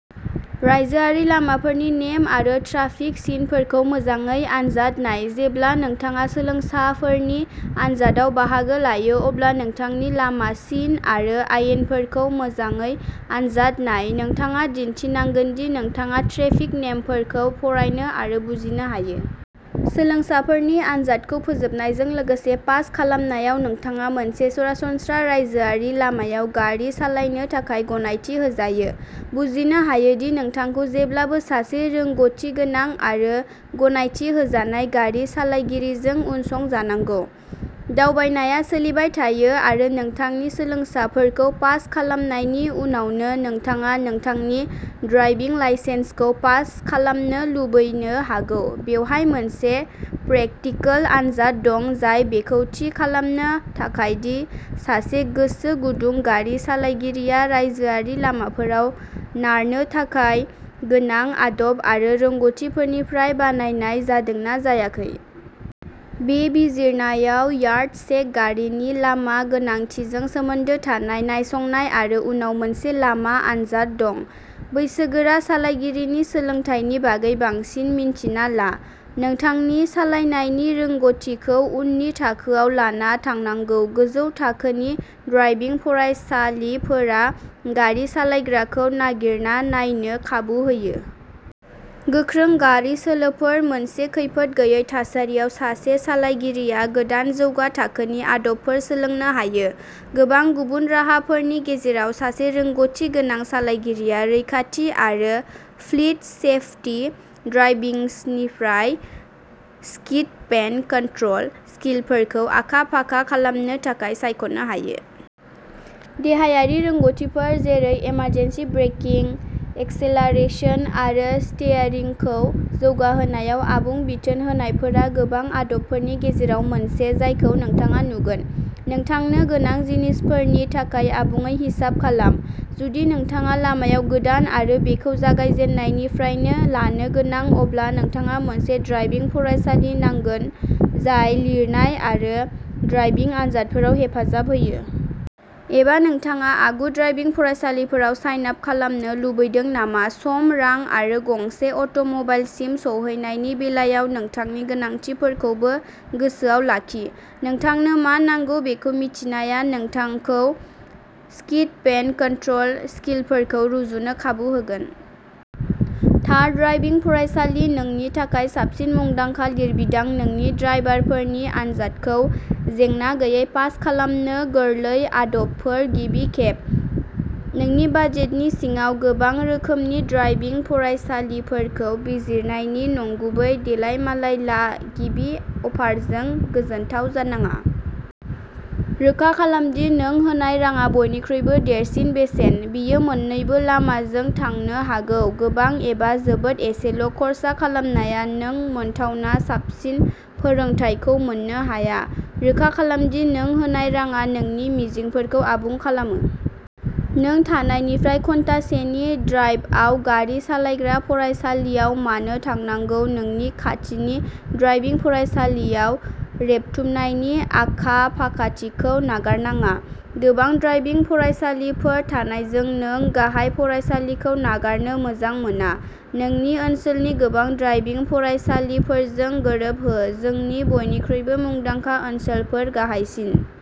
रायजोआरि लामाफोरनि नेम आरो ट्राफिक सिनफोरखौ मोजाङै आनजाद नाय। जेब्ला नोंथाङा सोलोंसाफोरनि आन्जादआव बाहागो लायो अब्ला नोंथांनि लामा सिन आरो आयेनफोरखौ मोजाङै आनजाद नाय। नोंथाङा दिन्थिनांगोन दि नोंथाङा ट्राफिक नेमफोरखौ फरायनो आरो बुजिनो हायो। सोलोंसाफोरनि आनजादखौ फोजोबनायजों लोगोसे पास खालामनायाव नोंथाङा मोनसे सरासनस्रा रायजोआरि लामायाव गारि सालायनो थाखाय गनायथि होजायो। बुजिनो हायो दि नोंथांखौ जेब्लाबो सासे रोंग'थिगोनां आरो गनायथि होजानाय गारि सालायगिरिजों उनसंजानांगौ। दावबायनाया सोलिबाय थायो नोंथांनि सोलोंसाफोरखौ पास खालामनायनि उनावनो नोंथाङा नोंथांनि ड्राइभिं लाइसेन्सखौ पास खालामनो लुबैनो हागौ बेवहाय मोनसे प्रेकटिकल आनजाद दं जाय बेखौ थि खालामनो थाखाय दि सासे गोसो गुदुं गारि सालायगिरिया रायजोआरि लामाफोराव नारनो थाखाय गोनां आदब आरो रोंग'थिफोरनिफ्राय बानायनाय जादों ना जायाखै। बे बिजिरनायाव यार्ड चेक गारिनि लामा गोनांथिजों सोमोन्दो थानाय नायसंनाय आरो उनाव मोनसे लामा आनजाद दं। बैसोगोरा सालायगिरिनि सोलोंथायनि बागै बांसिन मिन्थिना ला। नोंथांनि सालायनायनि रोंग'थिखौ उननि थाखोआव लाना थांनांगौ गोजौ थाखोनि ड्राइभिं फरायसालिफोरा गारि सालायग्राखौ नागिरना नायनो खाबु होयो। गोख्रों गारि सोलोफोर मोनसे खैफोद गैयै थासारियाव सासे सालायगिरिया गोदान जौगा थाखोनि आदबफोर सोलोंनो हायो। गोबां गुबुन राहाफोरनि गेजेराव सासे रोंग'थि गोनां सालायगिरिया रैखाथि आरो फ्लीट सेफटि ड्राइभिंनिफ्राय स्किडपेन कन्ट्रल स्किलफोरखौ आखा फाखा खालामनो थाखाय सायख'नो हायो। देहायारि रोंग'थिफोर जेरै इमारजेन्सि ब्रेकिं एक्सेलारेशन आरो स्टीयारिंगखौ जौगाहोनायाव आबुं बिथोन होनायफोरा गोबां आदबफोरनि गेजेराव मोनसे जायखौ नोंथाङा नुगोन। नोंथांनो गोनां जिनिसफोरनि थाखाय आबुङै हिसाब खालाम। जुदि नोंथाङा लामायाव गोदान आरो बेखौ जागायजेननायनिफ्रायनो लानो गोनां अब्ला नोंथाङा मोनसे ड्राइभिं फरायसालि नांगोन जाय लिरनाय आरो ड्राइभिं आनजादफोराव हेफाजाब होयो। एबा नोंथाङा आगु ड्राइभिं फरायसालिफोराव साइन आप खालामनो लुबैदों नामा सम रां आरो गंसे अट'मबाइलसिम सौहैनायनि बेलायाव नोंथांनि गोनांथिफोरखौबो गोसोआव लाखि। नोंथांनो मा नांगौ बेखौ मिथिनाया नोंथांखौ स्किडपेन कन्ट्रल स्किलफोरखौ रुजुनो खाबु होगोन। थार ड्राइभिं फरायसालि नोंनि थाखाय साबसिन मुंदांखा लिरबिदां नोंनि ड्राइभारफोरनि आनजादखौ जेंना गैयै पास खालामनो गोरलै आदबफोर गिबि खेब। नोंनि बाजेटनि सिङाव गोबां रोखोमनि ड्राइभिं फरायसालिफोरखौ बिजिरनायनि नंगुबै देलायमालाय ला। गिबि अफारजों गोजोनथाव जानाङा। रोखा खालाम दि नों होनाय राङा बयनिख्रुइबो देरसिन बेसेन। बेयो मोन्नैबो लामाजों थांनो हागौ गोबां एबा जोबोद एसेल'खर्सा खालामनाया नों मोनथावना साबसिन फोरोंथायखौ मोननो हाया। रोखा खालाम दि नों होनाय राङा नोंनि मिजिंफोरखौ आबुं खालामो। नों थानायनिफ्राय घन्टासेनि ड्राइभआव गारि सालायग्रा फरायसालियाव मानो थांनांगौ नोंनि खाथिनि ड्राइभिं फरायसालियाव रेबथुमनायनि आखा फाखाथिखौ नागारनाङा। गोबां ड्राइभिं फरायसालिफोर थानायजों नों गाहाय फरायसालिखौ नागारनो मोजां मोना। नोंनि ओनसोलनि गोबां ड्राइभिं फरायसालिफोरजों गोरोबहो। जोंनि बयनिख्रुइबो मुंदांखा ओनसोलफोर गाहायसिन।